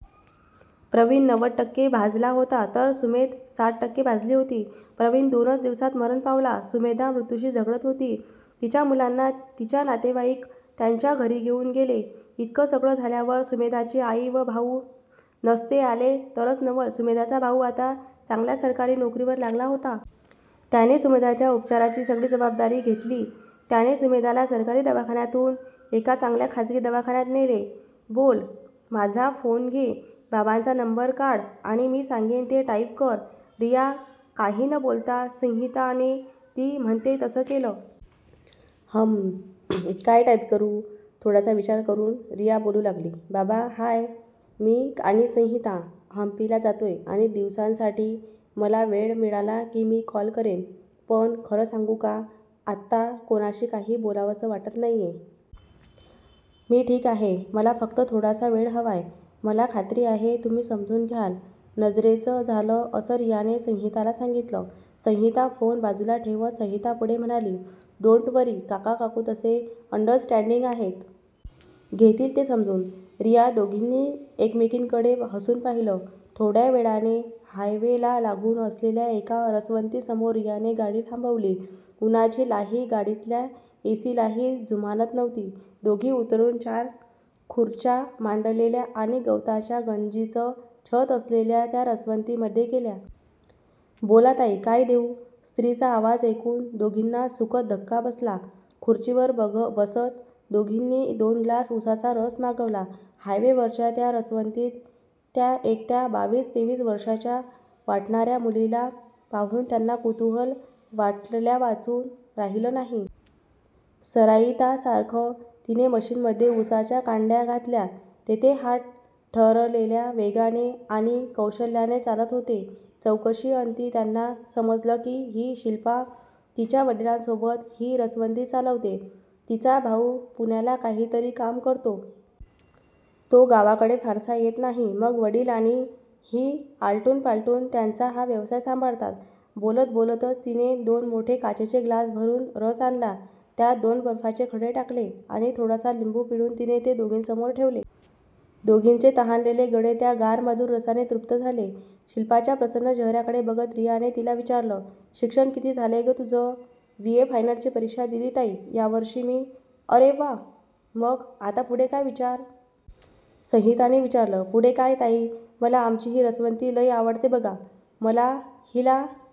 प्रवीण नव्वद टक्के भाजला होता तर सुमेधा साठ टक्के भाजली होती. प्रवीण दोनच दिवसात मरन पावला. सुमेधा मृत्यूशी झगडत होती. तीच्या मुलांना तीच्या नातेवाईक त्यांच्या घरी घेऊन गेले. इतक सगळ झाल्यावर सुमेधाची आई व भाऊ नसते आले तरच नवल सुमेधाचा भाऊ आता चांगल्या सरकारी नोकरीला लागला होता. त्याने सुमेधाच्या उपचाराची सगळी जबाबदारी घेतली. त्याने सुमेधाला सरकारी दवाखान्यातुन एका चांगल्या खाजगी दवाखान्यात नेले.. ""बोल""माझा फोन घे. बाबांचा नंबर काढ आणि मी सांगेन ते टाइप कर. " रिया. काही न बोलता संहिता ने ती म्हणतेय तसं केलं. "हम्म, काय टाइप करू.. "थोडासा विचार करून रिया बोलू लागली. "बाबा हाय.. मी आणि संहिता हम्पीला जातोय काही दिवसांसाठी. मला वेळ मिळाला की मी कॉल करेन. पण, खरं सांगू का आत्ता कोणाशी काही बोलावंस वाटत नाहीये. मी ठीक आहे. मला फक्त थोडासा वेळ हवाय. मला खात्री आहे तुम्ही समजून घ्याल. "नजरेनेच 'झालं' असं रियाने संहिताला सांगितलं. " संहिता. फोन बाजूला ठेवत संहिता पुढे म्हणाली,"डोन्ट वरी, काका-काकू तसे अंडरस्टॅंडिंग आहेत. घेतील ते समजून.. " रिया. दोघींनी एकमेकींकडे हसून पाहिलं. थोड्यावेळाने हायवे ला लागून असलेल्या एका रसवंती समोर रियाने गाडी थांबवली. उन्हाची लाही गाडीतल्या एसीलाही जुमानत नव्हती. दोघी उतरून चार खुर्च्या मांडलेल्या आणि गवताच्या गंजीचं छत असलेल्या त्या रसवंती मध्ये गेल्या. "बोला ताई काय देऊ? "स्त्री चा आवाज ऐकून दोघींना सुखद धक्का बसला. खुर्चीवर बसत दोघींनी दोन ग्लास ऊसाचा रस मागवला. हायवे वरच्या त्या रसवंतीत त्या एकट्या बावीस-तेवीस वर्षांच्या वाटणार्या मुलीला पाहून त्यांना कुतूहल वाटल्यावाचून राहिलं नाही. सराईतासारखं तिने मशीन मध्ये ऊसाच्या कांड्या घातल्या. तिचे हात ठरलेल्या वेगाने आणि कौशल्याने चालत होते. चौकशी अंती त्यांना समजलं की ही शिल्पा तिच्या वडिलांसोबत ही रसवंती चालवते. तिचा भाऊ पुण्याला काहीतरी काम करतो. तो गावाकडे फारसा येत नाही. मग वडील आणि ही आलटून पालटून त्यांचा हा व्यवसाय सांभाळतात. बोलत-बोलतच तिने दोन मोठे काचेचे ग्लास भरून रस आणला त्यात दोन बर्फाचे खडे टाकले आणि थोडासा लिंबू पिळून तिने ते दोघींसमोर ठेवले. दोघींचे तहानलेले गळे त्या गार-मधूर रसाने तृप्त झाले. शिल्पाच्या प्रसन्न चेहर्याकडे बघत रियाने तिला विचारलं,"शिक्षण किती झालंय गं तुझं? ""बीए फायनल ची परीक्षा दिली ताई यावर्षी मी. ""अरे वा.. मग आता पुढे काय विचार? " संहिता ने विचारलं. "पुढे काय ताई मला आमची ही रसवंती लई आवडते बघा. मला हिला